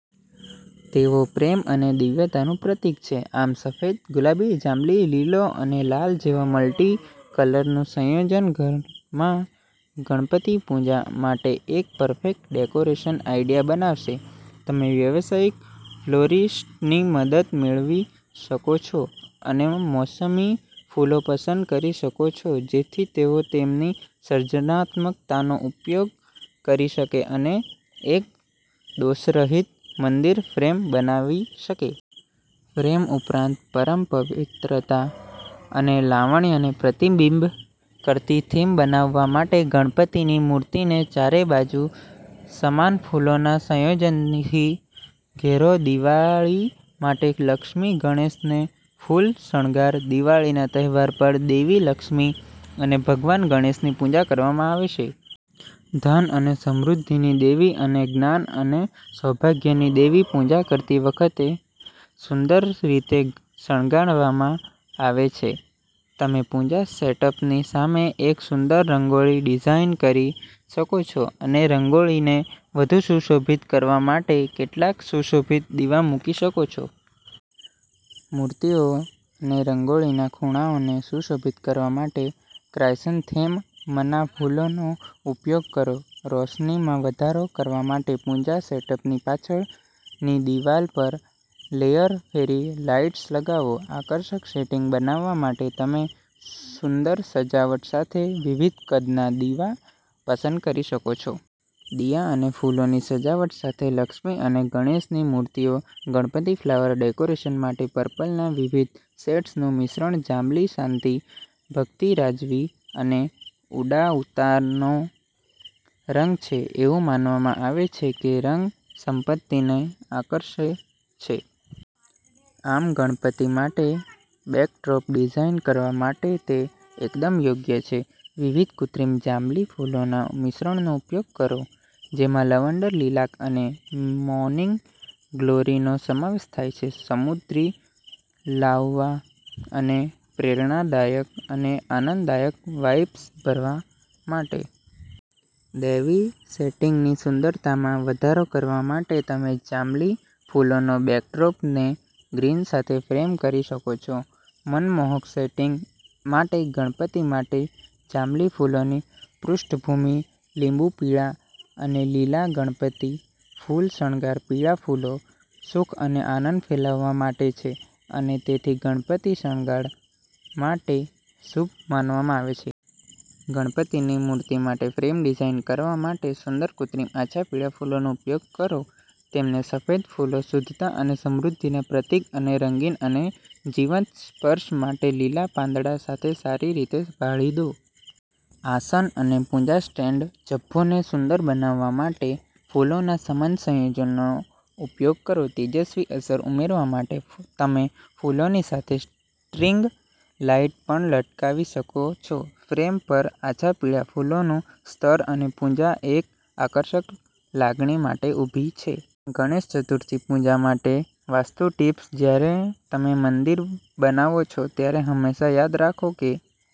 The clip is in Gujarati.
તેઓ પ્રેમ અને દિવ્યતાનું પ્રતીક છે. આમ, સફેદ, ગુલાબી, જાંબલી, લીલો અને લાલ જેવા મલ્ટીકલરનું સંયોજન ઘરમાં ગણપતિ પૂજા માટે એક પરફેક્ટ ડેકોરેશન આઈડિયા બનાવશે. તમે વ્યાવસાયિક ફ્લોરિસ્ટની મદદ મેળવી શકો છો અને મોસમી ફૂલો પસંદ કરી શકો છો જેથી તેઓ તેમની સર્જનાત્મકતાનો ઉપયોગ કરી શકે અને એક દોષરહિત મંદિર ફ્રેમ બનાવી શકે. ફ્રેમ ઉપરાંત, પરમ પવિત્રતા અને લાવણ્યને પ્રતિબિંબિત કરતી થીમ બનાવવા માટે ગણપતિની મૂર્તિને ચારે બાજુ સમાન ફૂલોના સંયોજનથી ઘેરો. દિવાળી માટે લક્ષ્મી ગણેશને ફૂલ શણગાર. દિવાળીના તહેવાર પર દેવી લક્ષ્મી અને ભગવાન ગણેશની પૂજા કરવામાં આવે છે. ધન અને સમૃદ્ધિની દેવી અને જ્ઞાન અને સૌભાગ્યની દેવી પૂજા કરતી વખતે સુંદર રીતે શણગારવામાં આવે છે. તમે પૂજા સેટઅપની સામે એક સુંદર રંગોળી ડિઝાઇન કરી શકો છો અને રંગોળીને વધુ સુશોભિત કરવા માટે કેટલાક સુશોભન દીવા મૂકી શકો છો. મૂર્તિઓ અને રંગોળીના ખૂણાઓને સુશોભિત કરવા માટે ક્રાયસન્થેમમના ફૂલોનો ઉપયોગ કરો. રોશનીમાં વધારો કરવા માટે પૂજા સેટઅપની પાછળની દિવાલ પર લેયર ફેરી લાઇટ્સ લગાવો. આકર્ષક સેટિંગ બનાવવા માટે તમે સુંદર સજાવટ સાથે વિવિધ કદના દીવા પસંદ કરી શકો છો. દિયા અને ફૂલોની સજાવટ સાથે લક્ષ્મી અને ગણેશની મૂર્તિઓ. ગણપતિ ફ્લાવર ડેકોરેશન માટે પર્પલના વિવિધ શેડ્સનું મિશ્રણ. જાંબલી શાંતિ, ભક્તિ, રાજવી અને ઉડાઉતાનો રંગ છે. એવું માનવામાં આવે છે કે રંગ સંપત્તિને આકર્ષે છે. આમ, ગણપતિ માટે બેકડ્રોપ ડિઝાઇન કરવા માટે તે એકદમ યોગ્ય છે. વિવિધ કૃત્રિમ જાંબલી ફૂલોના મિશ્રણનો ઉપયોગ કરો, જેમાં લવંડર, લીલાક અને મોર્નિંગ ગ્લોરીનો સમાવેશ થાય છે, સમૃદ્ધિ લાવવા અને પ્રેરણાદાયક અને આનંદદાયક વાઇબ્સ ભરવા માટે. દૈવી સેટિંગની સુંદરતામાં વધારો કરવા માટે તમે જાંબલી ફૂલોના બેકડ્રોપને ગ્રીન્સ સાથે ફ્રેમ કરી શકો છો. મનમોહક સેટિંગ માટે ગણપતિ માટે જાંબલી ફૂલોની પૃષ્ઠભૂમિ. લીંબુ પીળા અને લીલા ગણપતિ ફૂલ શણગાર. પીળા ફૂલો સુખ અને આનંદ ફેલાવવા માટે છે અને તેથી ગણપતિ શણગાર માટે શુભ માનવામાં આવે છે. ગણપતિની મૂર્તિ માટે ફ્રેમ ડિઝાઇન કરવા માટે સુંદર કૃત્રિમ આછા પીળા ફૂલોનો ઉપયોગ કરો. તેમને સફેદ ફૂલો, શુદ્ધતા અને સમૃદ્ધિના પ્રતીક અને રંગીન અને જીવંત સ્પર્શ માટે લીલા પાંદડા સાથે સારી રીતે ભળી દો. આસન અને પૂજા સ્ટેન્ડ ઝભ્ભોને સુંદર બનાવવા માટે ફૂલોના સમાન સંયોજનનો ઉપયોગ કરો. તેજસ્વી અસર ઉમેરવા માટે તમે ફૂલોની સાથે સ્ટ્રિંગ લાઇટ પણ લટકાવી શકો છો. ફ્રેમ પર આછા પીળા ફૂલોનું સ્તર, અને પૂજા એક આકર્ષક લાગણી માટે ઊભી છે. ગણેશ ચતુર્થી પૂજા માટે વાસ્તુ ટિપ્સ. જ્યારે તમે મંદિર બનાવો છો, ત્યારે હંમેશા યાદ રાખો કે